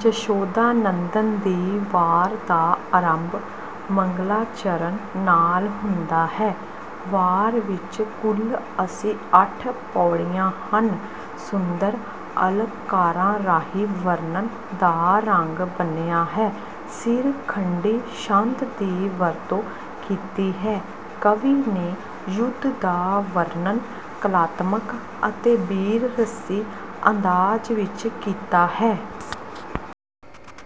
ਜਸ਼ੋਧਾ ਨੰਦਨ ਦੀ ਵਾਰ ਦਾ ਆਰੰਭ ਮੰਗਲਾਚਰਣ ਨਾਲ ਹੁੰਦਾ ਹੈ। ਵਾਰ ਵਿੱਚ ਕੁਲ ਅੱਸੀ-ਅੱਠ ਪਉੜੀਆਂ ਹਨ। ਸੁੰਦਰ ਅਲੰਕਾਰਾਂ ਰਾਹੀਂ ਵਰਣਨ ਦਾ ਰੰਗ ਬੰਨਿਆ ਹੈ। ਸਿਰਖੰਡੀ ਛੰਦ ਦੀ ਵਰਤੋਂ ਕੀਤੀ ਹੈ। ਕਵੀ ਨੇ ਯੁੱਧ ਦਾ ਵਰਣਨ ਕਲਾਤਮਕ ਅਤੇ ਬੀਰ ਰਸੀ ਅੰਦਾਜ਼ ਵਿੱਚ ਕੀਤਾ ਹੈ।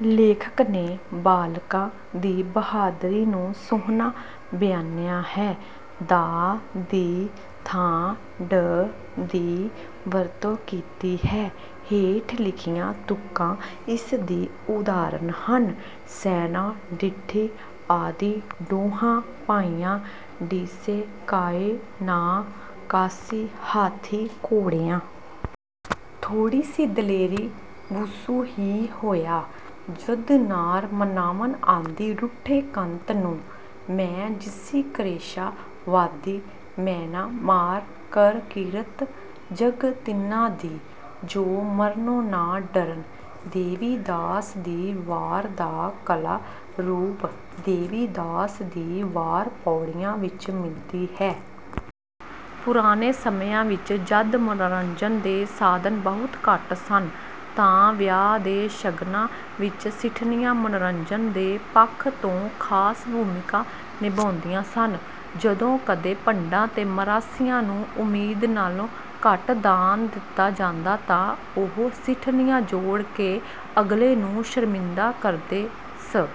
ਲੇਖਕ ਨੇ ਬਾਲਕਾਂ ਦੀ ਬਹਾਦਰੀ ਨੂੰ ਸੋਹਣਾ ਬਿਆਨਿਆ ਹੈ। 'ਦਾ' ਦੀ ਥਾਂ 'ਡ' ਦੀ ਵਰਤੋਂ ਕੀਤੀ ਹੈ। ਹੇਠ ਲਿਖੀਆਂ ਤੁਕਾਂ ਇਸ ਦੀ ਉਦਾਹਰਨ ਹਨ: ਸੈਨਾਂ ਡਿਠੀ ਆਦੀ ਡੋਹਾਂ ਭਾਈਆਂ। ਡਿਸੇ ਕਾਇ ਨਾਂ ਕਾਸੀ, ਹਾਥੀ ਘੋੜਿਆਂ। ਥੋੜੀ ਸੀ ਦਲੇਰੀ, ਭੁਸੁ ਹੀ ਹੋਇਆ। ਜਦੁ ਨਾਰ ਮਨਾਵਣ ਆਂਦੀ ਰੁਠੇ ਕੰਤ ਨੂੰ। ਮੈਂ ਜਿਸੀਂ ਕਰੇਸ਼ਾਂ ਵਾਦੀ ਮੈਨਾ ਮਾਰਿ ਕਰਕੀਰਤ ਜਗ ਤਿਨ੍ਹਾਂ ਦੀ, ਜੋ ਮਰਨੋ ਨਾ ਡਰਨਿ। ਦੇਵੀ ਦਾਸ ਦੀ ਵਾਰ ਦਾ ਕਲਾ ਰੂਪ: ਦੇਵੀ ਦਾਸ ਦੀ ਵਾਰ ਪਉੜੀਆਂ ਵਿੱਚ ਮਿਲਦੀ ਹੈ। ਪੁਰਾਣੇ ਸਮਿਆਂ ਵਿਚ ਜਦ ਮਨੋਰੰਜਨ ਦੇ ਸਾਧਨ ਬਹੁਤ ਘੱਟ ਸਨ ਤਾਂ ਵਿਆਹ ਦੇ ਸ਼ਗਨਾਂ ਵਿਚ ਸਿੱਠਣੀਆਂ ਮਨੋਰੰਜਨ ਦੇ ਪੱਖ ਤੋਂ ਖਾਸ ਭੂਮਿਕਾ ਨਿਭਾਉਂਦੀਆਂ ਸਨ। ਜਦੋਂ ਕਦੇ ਭੰਡਾਂ ਤੇ ਮਰਾਸੀਆਂ ਨੂੰ ਉਮੀਦ ਨਾਲੋਂ ਘੱਟ ਦਾਨ ਦਿੱਤਾ ਜਾਂਦਾ ਤਾਂ ਉਹ ਸਿੱਠਣੀਆਂ ਜੋੜ ਕੇ ਅਗਲੇ ਨੂੰ ਸ਼ਰਮਿੰਦਾ ਕਰਦੇ ਸਨ।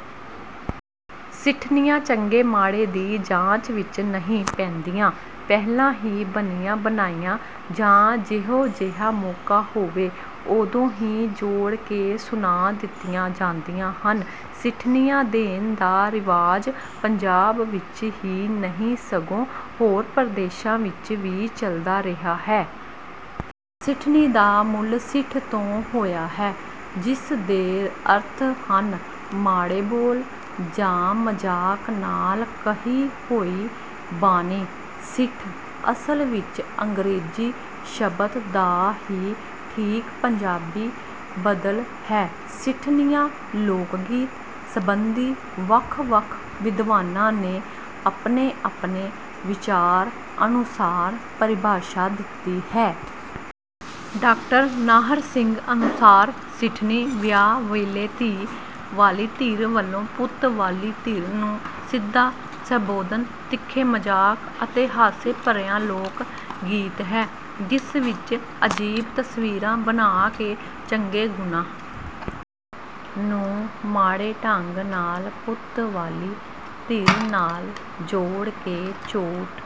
ਸਿੱਠਣੀਆਂ ਚੰਗੇ-ਮਾੜੇ ਦੀ ਜਾਂਚ ਵਿੱਚ ਨਹੀਂ ਪੈਂਦੀਆਂ। ਪਹਿਲਾਂ ਹੀ ਬਣੀਆਂ ਬਣਾਈਆਂ ਜਾਂ ਜਿਹੋ ਜਿਹਾ ਮੌਕਾ ਹੋਵੇ, ਉਦੋਂ ਹੀ ਜੋੜ ਕੇ ਸੁਣਾ ਦਿੱਤੀਆਂ ਜਾਂਦੀਆਂ ਹਨ। ਸਿੱਠਣੀਆਂ ਦੇਣ ਦਾ ਰਿਵਾਜ਼ ਪੰਜਾਬ ਵਿੱਚ ਹੀ ਨਹੀਂ ਸਗੋਂ ਹੋਰ ਪ੍ਰਦੇਸ਼ਾਂ ਵਿਚ ਵੀ ਚੱਲਦਾ ਰਿਹਾ ਹੈ। ਸਿੱਠਣੀ ਦਾ ਮੂਲ 'ਸਿੱਠ' ਤੋਂ ਹੋਇਆ ਹੈ, ਜਿਸ ਦੇ ਅਰਥ ਹਨ ਮਾੜੇ ਬੋਲ ਜਾਂ ਮਜ਼ਾਕ ਨਾਲ ਕਹੀ ਹੋਈ ਬਾਣੀ। ਸਿੱਠ, ਅਸਲ ਵਿਚ ਅੰਗਰੇਜ਼ੀ ਸ਼ਬਦ ਦਾ ਹੀ ਠੀਕ ਪੰਜਾਬੀ ਬਦਲ ਹੈ। ਸਿੱਠਣੀਆਂ ਲੋਕ ਗੀਤ ਸਬੰਧੀ ਵੱਖ-ਵੱਖ ਵਿਦਵਾਨਾਂ ਨੇ ਆਪਣੇ-ਆਪਣੇ ਵਿਚਾਰ ਅਨੁਸਾਰ ਪਰਿਭਾਸ਼ਾ ਦਿੱਤੀ ਹੈ। ਡਾਕਟਰ ਨਾਹਰ ਸਿੰਘ ਅਨੁਸਾਰ- "ਸਿੱਠਣੀ ਵਿਆਹ ਵੇਲੇ ਧੀ ਵਾਲੀ ਧਿਰ ਵਲੋਂ ਪੁੱਤ ਵਾਲੀ ਧਿਰ ਨੂੰ ਸਿੱਧਾ ਸੰਬੋਧਨ, ਤਿੱਖੇ ਮਜ਼ਾਕ ਅਤੇ ਹਾਸੇ ਭਰਿਆ ਲੋਕ ਗੀਤ ਹੈ ਜਿਸ ਵਿਚ ਅਜੀਬ ਤਸਵੀਰਾਂ ਬਣਾ ਕੇ ਚੰਗੇ ਗੁਣਾਂ ਨੂੰ ਮਾੜੇ ਢੰਗ ਨਾਲ ਪੁੱਤ ਵਾਲੀ ਧਿਰ ਨਾਲ ਜੋੜ ਕੇ ਚੋਟ